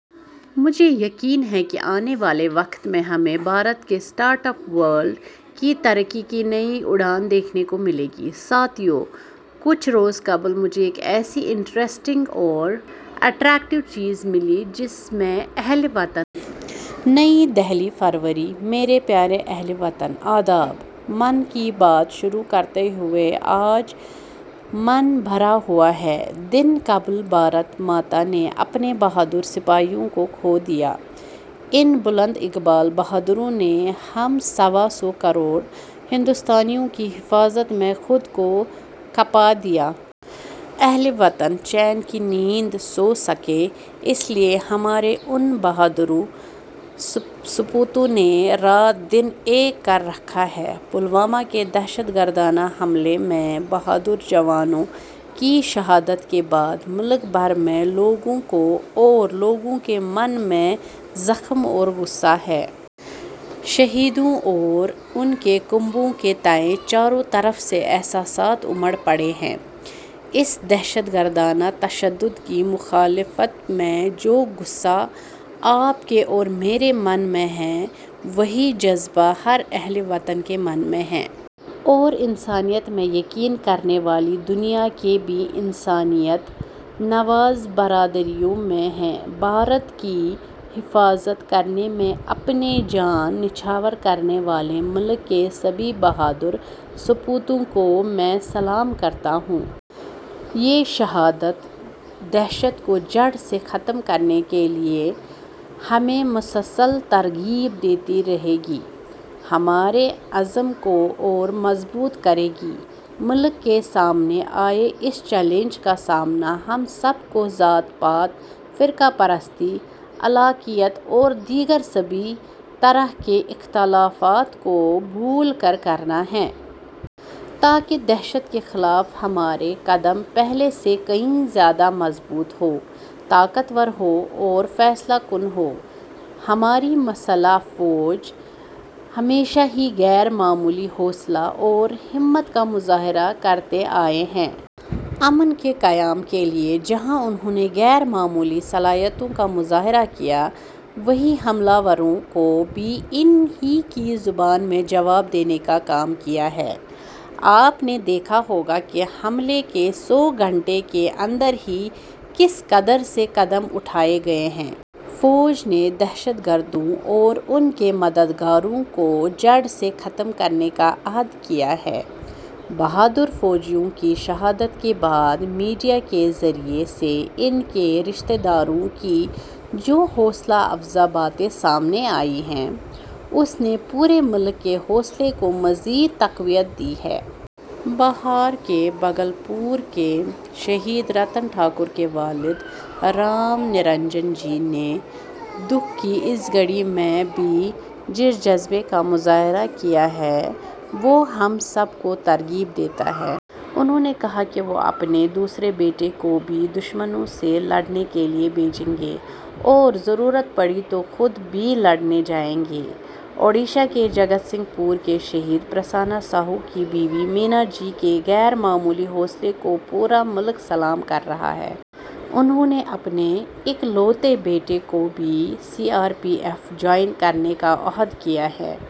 مجھے یقین ہے کہ آنے والے وقت میں ہمیں بھارت کے اسٹارٹ اپ ورلڈ کی ترقی کی نئی اڑان دیکھنے کو ملے گی۔ ساتھیو، کچھ روز قبل مجھے ایک ایسی انٹریسٹنگ اور اٹریکٹیو چیز ملی، جس میں اہل وطن. نئی دہلی، فروری / میرے پیارے اہل وطن ، آداب! من کی بات شروع کرتے ہوئے آج من بھرا ہوا ہے۔ دن قبل بھارت ماتا نے اپنے بہادر سپوتوں کو کھو دیا۔ ان بلند اقبال بہادروں نے ہم سوا سو کروڑ ہندوستانیوں کی حفاظت میں خود کو کھپا دیا۔ اہل وطن چین کی نیند سو سکیں اس لئے ہمارے ان بہادروں سپوتوں نے رات دن ایک کر رکھا تھا۔ پلوامہ کے دہشت گردانہ حملے میں بہادر جوانوں کی شہادت کے بعد ملک بھر میں لوگوں کو اور لوگوں کے من میں زخم اور غصہ ہے۔ شہیدوں اور ان کے کنبوں کے تئیں چاروں طرف احساسات امڈ پڑے ہیں۔ اس دہشت گردانہ تشدد کی مخالفت میں جو غصہ آپ کے اور میرے من میں ہے وہی جذبہ ہر اہل وطن کے من میں ہے۔ اور انسانیت میں یقین کرنے والی دنیا کے بھی انسانیت نواز برادریوں میں ہے۔ بھارت کی حفاظت کرنے میں اپنے جان نچھاور کرنے والے ملک کے سبھی بہادر سپوتوں کو میں سلام کرتا ہوں۔ یہ شہادت دہشت کو جڑ سے ختم کرنے کے لئے ہمیں مسلسل ترغیب دیتی رہے گی، ہمارے عزم کو اور مضبوط کرے گی۔ ملک کے سامنے آئے اس چیلنج کا سامنا ہم سب کو ذات پات ، فرقہ پرستی ، علاقائیت اور دیگر سبھی طرح کے اختلافات کو بھولا کر کرنا ہے۔ تاکہ دہشت کے خلاف ہمارے قدم پہلے سے کہیں زیادہ مضبوط ہوں، طاقت ور ہوں اور فیصلہ کن ہوں۔ ہماری مسلح افواج ہمیشہ ہی غیر معمولی حوصلہ اور ہمت کا مظاہرہ کرتے آئے ہیں۔ امن کے قیام کے لئے جہاں انہوں نے غیر معمولی صلاحیتوں کا مظاہرہ کیا وہیں حملہ آوروں کو بھی ان ہی کی زبان میں جواب دینے کا کام کیا ہے۔ آپ نے دیکھا ہوگا کہ حملے کے سو گھنٹے کے اندر ہی کس قدر سے قدم اٹھائے گئے ہیں۔ فوج نے دہشت گردوں اور ان کے مددگاروں کو جڑ سے ختم کرنے کا عہد کیا ہے۔ بہادر فوجیوں کی شہادت کے بعد میڈیا کے ذریعے سے ان کے رشتے داروں کی جو حوصلہ افزا باتیں سامنے آئی ہیں اس نے پورے ملک کےحوصلے کو مزید تقویت دی ہے۔ بہار کے بھاگل پور کے شہید رتن ٹھاکر کے والد رام نرنجن جی نے دکھ کی اس گھڑی میں بھی جس جذبے کا مظاہرہ کیا ہے وہ ہم سب کو ترغیب دیتا ہے۔ انہوں نے کہا کہ وہ اپنے دوسرے بیٹے کو بھی دشمنوں سے لڑنے کے لئے بھیجیں گے اور ضرورت پڑی تو خود بھی لڑنے جائیں گے۔ اڈیشہ کے جگت سنگھ پور کے شہید پرسنہ ساہو کی بیوی مینا جی کے غیر معمولی حوصلے کو پورا ملک سلام کر رہا ہے۔ انہوں نے اپنے اکلوتے بیٹے کو بھی C R P F join کرانے کا عہد کیا ہے۔